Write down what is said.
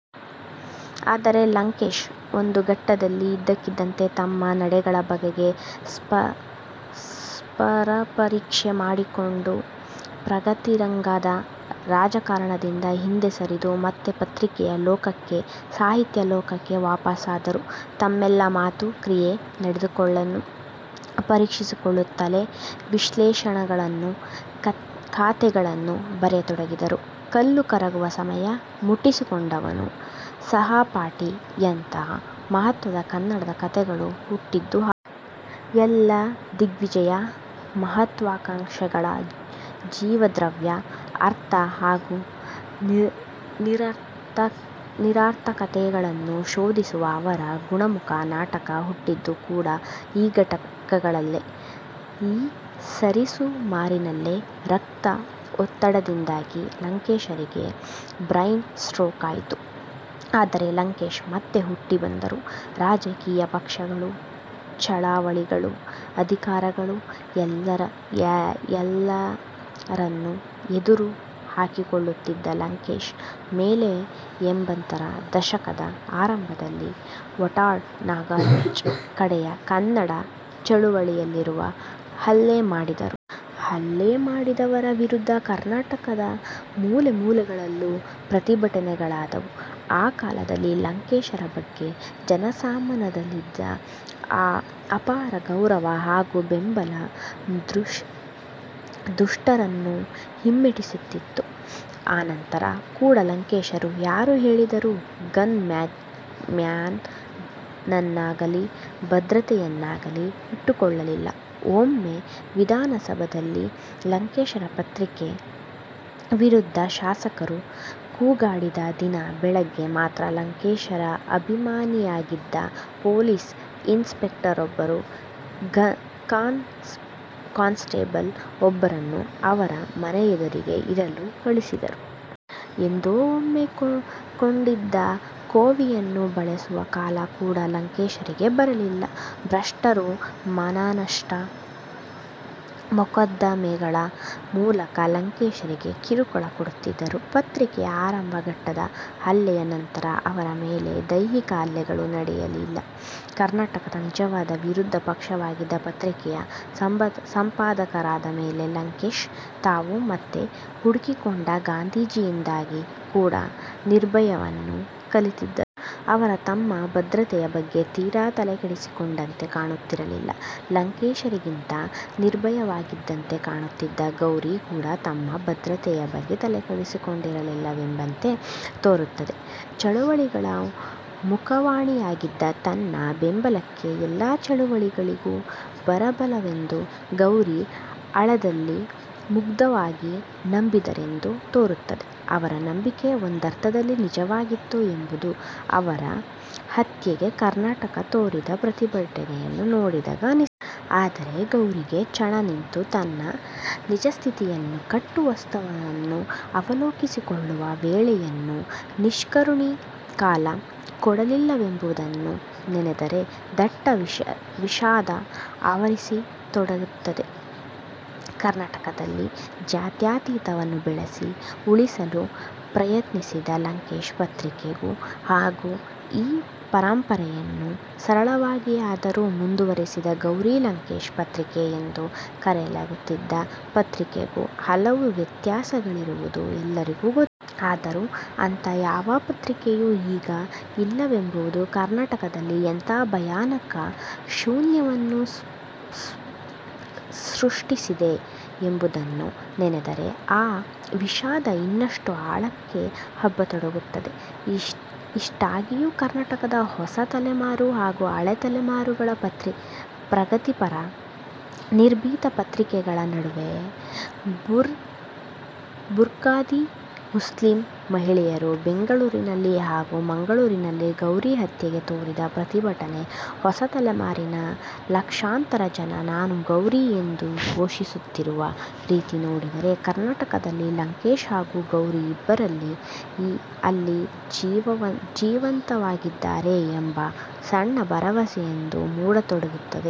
ಆದರೆ ಲಂಕೇಶ್ ಒಂದು ಘಟ್ಟದಲ್ಲಿ ಇದ್ದಕ್ಕಿದ್ದಂತೆ ತಮ್ಮ ನಡೆಗಳ ಬಗೆಗೆ ಸ್ವಪರೀಕ್ಷೆ ಮಾಡಿಕೊಂಡು, 'ಪ್ರಗತಿರಂಗ'ದ ರಾಜಕಾರಣದಿಂದ ಹಿಂದೆ ಸರಿದು ಮತ್ತೆ ಪತ್ರಿಕೆಯ ಲೋಕಕ್ಕೆ ಸಾಹಿತ್ಯ ಲೋಕಕ್ಕೆ ವಾಪಸಾದರು. ತಮ್ಮೆಲ್ಲ ಮಾತು, ಕ್ರಿಯೆ, ನಡೆಗಳನ್ನೂ ಪರೀಕ್ಷಿಸಿಕೊಳ್ಳುತ್ತಲೇ ವಿಶ್ಲೇಷಣೆಗಳನ್ನು, ಕತೆಗಳನ್ನು ಬರೆಯತೊಡಗಿದರು. 'ಕಲ್ಲು ಕರಗುವ ಸಮಯ', 'ಮುಟ್ಟಿಸಿಕೊಂಡವನು', 'ಸಹಪಾಠಿ'ಯಂಥ ಮಹತ್ವದ ಕನ್ನಡ ಕತೆಗಳು ಹುಟ್ಟಿದ್ದು ಆಗ. ಎಲ್ಲ ದಿಗ್ವಿಜಯ, ಮಹತ್ವಾಕಾಂಕ್ಷೆಗಳ ಜೀವದ್ರವ್ಯ, ಅರ್ಥ ಹಾಗೂ ನಿರರ್ಥಕತೆಗಳನ್ನು ಶೋಧಿಸುವ ಅವರ 'ಗುಣಮುಖ' ನಾಟಕ ಹುಟ್ಟಿದ್ದು ಕೂಡ ಈ ಘಟ್ಟಗಳಲ್ಲೇ. ಈ ಸರಿಸುಮಾರಿನಲ್ಲೇ ರಕ್ತದ ಒತ್ತಡದಿಂದಾಗಿ ಲಂಕೇಶರಿಗೆ ಬ್ರೈನ್ ಸ್ಟ್ರೋಕ್ ಆಯಿತು. ಆದರೆ ಲಂಕೇಶ್ ಮತ್ತೆ ಹುಟ್ಟಿ ಬಂದರು. ರಾಜಕೀಯ ಪಕ್ಷಗಳು, ಚಳವಳಿಗಳು, ಅಧಿಕಾರಿಗಳು ಎಲ್ಲರನ್ನೂ ಎದುರು ಹಾಕಿಕೊಳ್ಳುತ್ತಿದ್ದ ಲಂಕೇಶರ ಮೇಲೆ ಎಂಬತ್ತರ ದಶಕದ ಆರಂಭದಲ್ಲಿ ವಾಟಾಳ್ ನಾಗರಾಜ್ ಕಡೆಯ ಕನ್ನಡ ಚಳವಳಿಯವರು ಹಲ್ಲೆ ಮಾಡಿದ್ದರು. ಹಲ್ಲೆ ಮಾಡಿದವರ ವಿರುದ್ಧ ಕರ್ನಾಟಕದ ಮೂಲೆಮೂಲೆಗಳಲ್ಲೂ ಪ್ರತಿಭಟನೆಗಳಾದವು. ಆ ಕಾಲದಲ್ಲಿ ಲಂಕೇಶರ ಬಗ್ಗೆ ಜನಮಾನಸದಲ್ಲಿದ್ದ ಅಪಾರ ಗೌರವ ಹಾಗೂ ಬೆಂಬಲ ದುಷ್ಟರನ್ನು ಹಿಮ್ಮೆಟ್ಟಿಸಿತ್ತು. ಆನಂತರ ಕೂಡ ಲಂಕೇಶರು ಯಾರು ಹೇಳಿದರೂ ಗನ್ ಮ್ಯಾನ್ ನನ್ನಾಗಲೀ ಭದ್ರತೆಯನ್ನಾಗಲೀ ಇಟ್ಟುಕೊಳ್ಳಲಿಲ್ಲ. ಒಮ್ಮೆ ವಿಧಾನಸಭೆಯಲ್ಲಿ ಲಂಕೇಶರ ಪತ್ರಿಕೆಯ ವಿರುದ್ಧ ಶಾಸಕರು ಕೂಗಾಡಿದ ದಿನ ಬೆಳಗ್ಗೆ ಮಾತ್ರ ಲಂಕೇಶರ ಅಭಿಮಾನಿಯಾಗಿದ್ದ ಪೊಲೀಸ್ ಇನ್ ಸ್ಪೆಕ್ಟರೊಬ್ಬರು ಕಾನ್ ಸ್ಟೇಬಲ್ ಒಬ್ಬರನ್ನು ಅವರ ಮನೆಯೆದುರಿಗೆ ಇರಲು ಕಳಿಸಿದ್ದರು. ಎಂದೋ ಒಮ್ಮೆ ಕೊಂಡಿದ್ದ ಕೋವಿಯನ್ನು ಬಳಸುವ ಕಾಲ ಕೂಡ ಲಂಕೇಶರಿಗೆ ಬರಲಿಲ್ಲ. ಭ್ರಷ್ಟರು ಮಾನನಷ್ಟ ಮೊಕದ್ದಮೆಗಳ ಮೂಲಕ ಲಂಕೇಶರಿಗೆ ಕಿರುಕುಳ ಕೊಡುತ್ತಿದ್ದರೂ, ಪತ್ರಿಕೆಯ ಆರಂಭ ಘಟ್ಟದ ಹಲ್ಲೆಯ ನಂತರ ಅವರ ಮೇಲೆ ದೈಹಿಕ ಹಲ್ಲೆಗಳು ನಡೆಯಲಿಲ್ಲ. ಕರ್ನಾಟಕದ ನಿಜವಾದ ವಿರೋಧ ಪಕ್ಷವಾಗಿದ್ದ ಪತ್ರಿಕೆಯ ಸಂಪಾದಕರಾದ ಮೇಲೆ ಲಂಕೇಶ್ ತಾವು ಮತ್ತೆ ಹುಡುಕಿಕೊಂಡ ಗಾಂಧೀಜಿಯಿಂದಾಗಿ ಕೂಡ ನಿರ್ಭಯವನ್ನು ಕಲಿತಿದ್ದರು. ಅವರು ತಮ್ಮ ಭದ್ರತೆಯ ಬಗ್ಗೆ ತೀರಾ ತಲೆ ಕೆಡಿಸಿಕೊಂಡಂತೆ ಕಾಣುತ್ತಿರಲಿಲ್ಲ. ಲಂಕೇಶರಿಗಿಂತ ನಿರ್ಭಯವಾಗಿದ್ದಂತೆ ಕಾಣುತ್ತಿದ್ದ ಗೌರಿ ಕೂಡ ತಮ್ಮ ಭದ್ರತೆಯ ಬಗ್ಗೆ ತಲೆಕೆಡಿಸಿಕೊಂಡಿರಲಿಲ್ಲವೆಂಬಂತೆ ತೋರುತ್ತದೆ. ಚಳವಳಿಗಳ ಮುಖವಾಣಿಯಾಗಿದ್ದ ತನ್ನ ಬೆಂಬಲಕ್ಕೆ ಎಲ್ಲ ಚಳವಳಿಗಳೂ ಬರಬಲ್ಲವೆಂದು ಗೌರಿ ಆಳದಲ್ಲಿ ಮುಗ್ಧವಾಗಿ ನಂಬಿದ್ದರೆಂದು ತೋರುತ್ತದೆ. ಅವರ ನಂಬಿಕೆ ಒಂದರ್ಥದಲ್ಲಿ ನಿಜವಾಗಿತ್ತು ಎಂಬುದು ಅವರ ಹತ್ಯೆಗೆ ಕರ್ನಾಟಕ ತೋರಿದ ಪ್ರತಿಭಟನೆಯನ್ನು ನೋಡಿದಾಗ ಅನ್ನಿಸುತ್ತದೆ. ಆದರೆ ಗೌರಿಗೆ ಚಣ ನಿಂತು ತನ್ನ ನಿಜಸ್ಥಿತಿಯನ್ನು, ಕಟು ವಾಸ್ತವವನ್ನು ಅವಲೋಕಿಸಿಕೊಳ್ಳುವ ವೇಳೆಯನ್ನೂ ನಿಷ್ಕರುಣಿ ಕಾಲ ಕೊಡಲಿಲ್ಲವೆಂಬುದನ್ನು ನೆನೆದರೆ ದಟ್ಟ ವಿಷಾದ ಆವರಿಸತೊಡಗುತ್ತದೆ. ಕರ್ನಾಟಕದಲ್ಲಿ ಜಾತ್ಯತೀತವನ್ನು ಬೆಳೆಸಿ, ಉಳಿಸಲು ಪ್ರಯತ್ನಿಸಿದ 'ಲಂಕೇಶ್ ಪತ್ರಿಕೆ'ಗೂ ಹಾಗೂ ಆ ಪರಂಪರೆಯನ್ನು ಸರಳವಾಗಿಯಾದರೂ ಮುಂದುವರಿಸಿದ, 'ಗೌರಿ ಲಂಕೇಶ್ ಪತ್ರಿಕೆ' ಎಂದು ಕರೆಯಲಾಗುತ್ತಿದ್ದ ಪತ್ರಿಕೆಗೂ ಹಲವು ವ್ಯತ್ಯಾಸಗಳಿರುವುದು ಎಲ್ಲರಿಗೂ ಗೊತ್ತಿದೆ. ಆದರೂ ಅಂಥ ಯಾವ ಪತ್ರಿಕೆಯೂ ಈಗ ಇಲ್ಲವೆಂಬುದು ಕರ್ನಾಟಕದಲ್ಲಿ ಎಂಥ ಭಯಾನಕ ಶೂನ್ಯವನ್ನು ಸೃಷ್ಟಿಸಿದೆ ಎಂಬುದನ್ನು ನೆನೆದರೆ ಆ ವಿಷಾದ ಇನ್ನಷ್ಟು ಆಳಕ್ಕೆ ಹಬ್ಬತೊಡಗುತ್ತದೆ. ಇಷ್ಟಾಗಿಯೂ, ಕರ್ನಾಟಕದ ಹೊಸ ತಲೆಮಾರು ಹಾಗೂ ಹಳೆಯ ತಲೆಮಾರುಗಳ ಪ್ರಗತಿಪರರ ನಿರ್ಭೀತ ಪ್ರತಿಕ್ರಿಯೆಗಳ ನಡುವೆ ಬುರ್ಖಾಧಾರಿ ಮುಸ್ಲಿಂ ಮಹಿಳೆಯರು ಬೆಂಗಳೂರಿನಲ್ಲಿ ಹಾಗೂ ಮಂಗಳೂರಿನಲ್ಲಿ ಗೌರಿ ಹತ್ಯೆಗೆ ತೋರಿದ ಪ್ರತಿಭಟನೆ, ಹೊಸ ತಲೆಮಾರಿನ ಲಕ್ಷಾಂತರ ಜನ 'ನಾನು ಗೌರಿ' ಎಂದು ಘೋಷಿಸುತ್ತಿರುವ ರೀತಿ ನೋಡಿದರೆ ಕರ್ನಾಟಕದಲ್ಲಿ ಲಂಕೇಶ್ ಹಾಗೂ ಗೌರಿ ಇಬ್ಬರೂ ಇಲ್ಲಿ ಜೀವಂತವಾಗಿದ್ದಾರೆ ಎಂಬ ಸಣ್ಣ ಭರವಸೆಯೊಂದು ಮೂಡತೊಡಗುತ್ತದೆ.